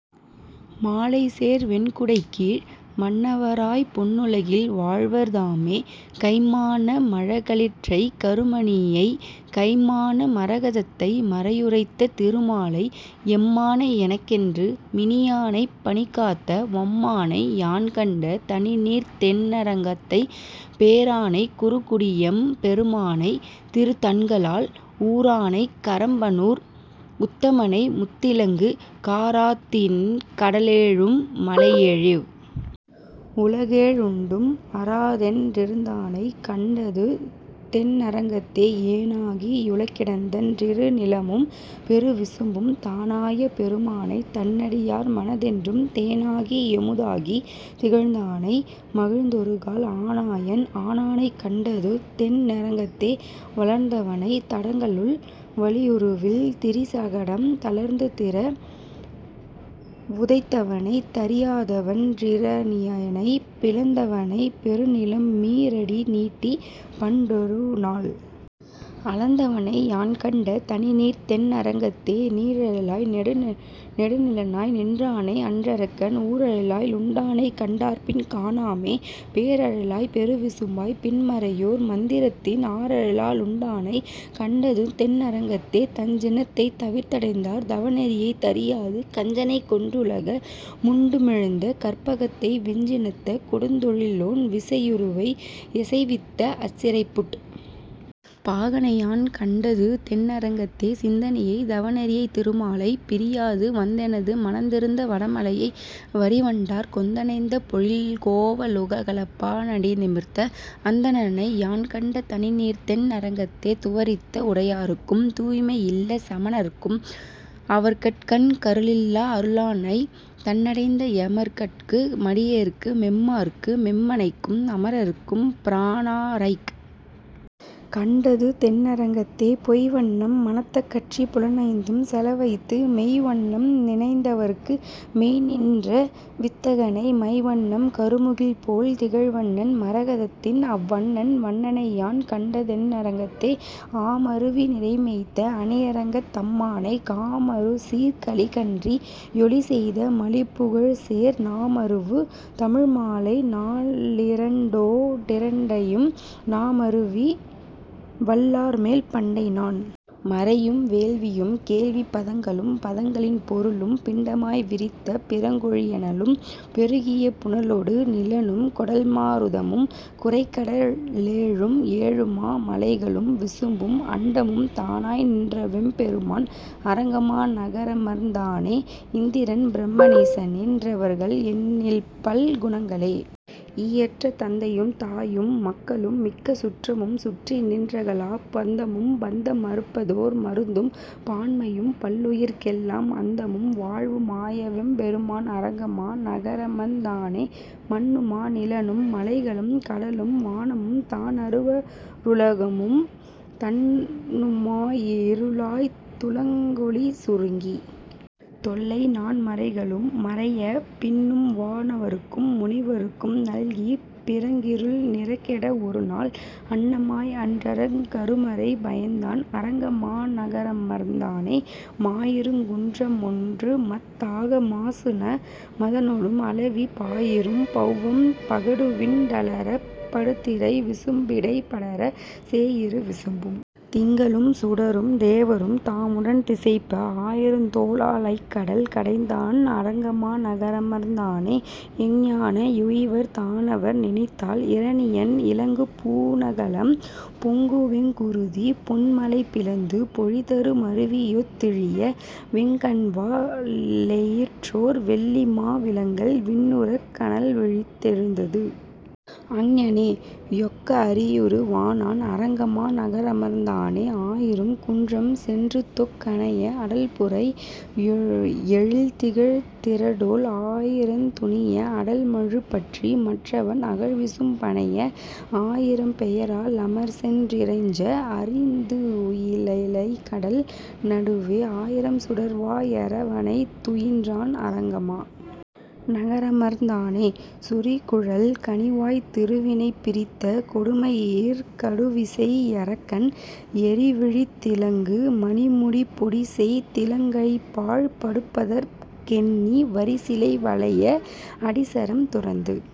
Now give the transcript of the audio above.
மாலைசேர் வெண்குடைக்கீழ் மன்னவராய்ப் பொன்னுலகில் வாழ்வர் தாமே கைம்மான மழகளிற்றைக் கருமணியை, மைம்மான மரகதத்தை மறையுரைத்த திருமாலை, எம்மானை எனக்கென்று மினியானைப் பனிகாத்த வம்மானை, யான்கண்ட தணிநீர்த் தென் னரங்கத்தே பேரானைக் குறுங்குடியெம் பெருமானை, திருதண்கால் ஊரானைக் கரம்பனூர் உத்தமனை, முத்திலங்கு காரார்த்திண் கடலேழும் மலையேழிவ் வுலகேழுண்டும், அராதென் றிருந்தானைக் கண்டதுதென் னரங்கத்தே ஏனாகி யுலகிடந்தன் றிருநிலனும் பெருவிசும்பும், தானாய பெருமானைத் தன்னடியார் மனத்தென்றும் தேனாகி யமுதாகித் திகழ்ந்தானை, மகிழ்ந்தொருகால் ஆனாயன் ஆனானைக் கண்டதுதென் னரங்கத்தே வளர்ந்தவனைத் தடங்கடலுள் வலியுருவில் திரிசகடம், தளர்ந்துதிர வுதைத்தவனைத் தரியாதன் றிரணியனைப் பிளந்தவனை, பெருநிலமீ ரடிநீட்டிப் பண்டொருநாள் அளந்தவனை, யான்கண்ட தணிநீர்த்தென் னரங்கத்தே நீரழலாய் நெடுநிலனாய் நின்றானை, அன்றரக்கன் ஊரழலா லுண்டானைக் கண்டார்பின் காணாமே, பேரழலாய்ப் பெருவிசும்பாய்ப் பின்மறையோர் மந்திரத்தின், ஆரழலா லுண்டானைக் கண்டதுதென் னரங்கத்தே தஞ்சினத்தைத் தவிர்த்தடைந்தார் தவநெறியை, தரியாது கஞ்சனைக்கொன் றன்றுலக முண்டுமிழ்ந்த கற்பகத்தை, வெஞ்சினத்த கொடுந்தொழிலோன் விசையுருவை யசைவித்த, அஞ்சிறைப்புட் பாகனையான் கண்டதுதென் னரங்கத்தே சிந்தனையைத் தவநெறியைத் திருமாலை, பிரியாது வந்தெனது மனத்திருந்த வடமலையை, வரிவண்டார் கொந்தணைந்த பொழில்கோவ லுலகளப்பா னடிநிமிர்த்த அந்தணனை, யான்கண்ட தணிநீர்த்தென் னரங்கத்தே துவரித்த வுடையார்க்கும் தூய்மையில்லச் சமணர்க்கும், அவர்கட்கங் கருளில்லா அருளானை, தன்னடைந்த எமர்கட்கு மடியேற்கு மெம்மாற்கு மெம்மனைக்கும், அமரர்க்கும் பிரானாரைக் கண்டதுதென் னரங்கத்தே பொய்வண்ணம் மனத்தகற்றிப் புலனைந்தும் செலவைத்து, மெய்வண்ணம் நினைந்தவர்க்கு மெய்ந்நின்ற வித்தகனை, மைவண்ணம் கருமுகில்போல் திகழ்வண்ண மரதகத்தின், அவ்வண்ண வண்ணனையான் கண்டதுதென் னரங்கத்தே ஆமருவி நிரைமேய்த்த அணியரங்கத் தம்மானை, காமருசீர்க் கலிகன்றி யொலிசெய்த மலிபுகழ்சேர் நாமருவு தமிழ்மாலை நாலிரண்டோ டிரண்டினையும், நாமருவி வல்லார்மேல் பண்டைநான் மறையும் வேள்வியும் கேள்விப் பதங்களும் பதங்களின் பொருளும், பிண்டமாய் விரித்த பிறங்கொளி யனலும் பெருகிய புனலொடு நிலனும், கொடல்மா ருதமும் குரைகட லேழும் ஏழுமா மலைகளும் விசும்பும், அண்டமும் தானாய் நின்றவெம் பெருமான் அரங்கமா நகரமர்ந் தானே இந்திரன் பிரம னீசனென் றிவர்கள் எண்ணில்பல் குணங்களே யியற்ற, தந்தையும் தாயும் மக்களும் மிக்க சுற்றமும் சுற்றிநின் றகலாப் பந்தமும், பந்த மறுப்பதோர் மருந்தும் பான்மையும் பல்லுயிர்க் கெல்லாம், அந்தமும் வாழ்வு மாயவெம் பெருமான் அரங்கமா நகரமர்ந் தானே மன்னுமா நிலனும் மலைகளும் கடலும் வானமும் தானவ ருலகும், துன்னுமா யிருளாய்த் துலங்கொளி சுருங்கித் தொல்லைநான் மறைகளும் மறைய, பின்னும்வா னவர்க்கும் முனிவர்க்கும் நல்கிப் பிறங்கிருள் நிறங்கெட, ஒருநாள் அன்னமாய் அன்றங் கருமறை பயந்தான் அரங்கமா நகரமர்ந் தானே மாயிருங் குன்ற மொன்றுமத் தாக மாசுண மதனொடும் அளவி, பாயிரும் பௌவம் பகடுவிண் டலறப் படுதிரை விசும்பிடைப் படர, சேயிரு விசும்பும் திங்களும் சுடரும் தேவரும் தாமுடன் திசைப்ப, ஆயிரந் தோளா லலைகடல் கடைந்தான் அரங்கமா நகரமர்ந் தானே எங்ஙானே யுய்வர் தானவர் நினைந்தால் இரணியன் இலங்குபூ ணகலம், பொங்குவெங் குருதி பொன்மலை பிளந்து பொழிதரு மருவியொத் திழிய, வெங்கண்வா ளெயிற்றோர் வெள்ளிமா விலங்கல் விண்ணுறக் கனல்விழித் தெழுந்தது, அங்ஙனே யொக்க அரியுரு வானான் அரங்கமா நகரமர்ந் தானே ஆயிரும் குன்றம் சென்றுதொக் கனைய அடல்புரை யெழில்திகழ் திரடோள், ஆயிரந் துணிய அடல்மழுப் பற்றி மற்றவன் அகல்விசும் பணைய, ஆயிரம் பெயரா லமர்சென் றிறைஞ்ச அறிதுயி லலைகடல் நடுவே, ஆயிரம் சுடர்வா யரவணைத் துயின்றான் அரங்கமா நகரமர்ந் தானே சுரிகுழல் கனிவாய்த் திருவினைப் பிரித்த கொடுமையிற் கடுவிசை யரக்கன், எரிவிழித் திலங்கு மணிமுடி பொடிசெய் திலங்கைபாழ் படுப்பதற் கெண்ணி, வரிசிலை வளைய அடிசரம் துரந்து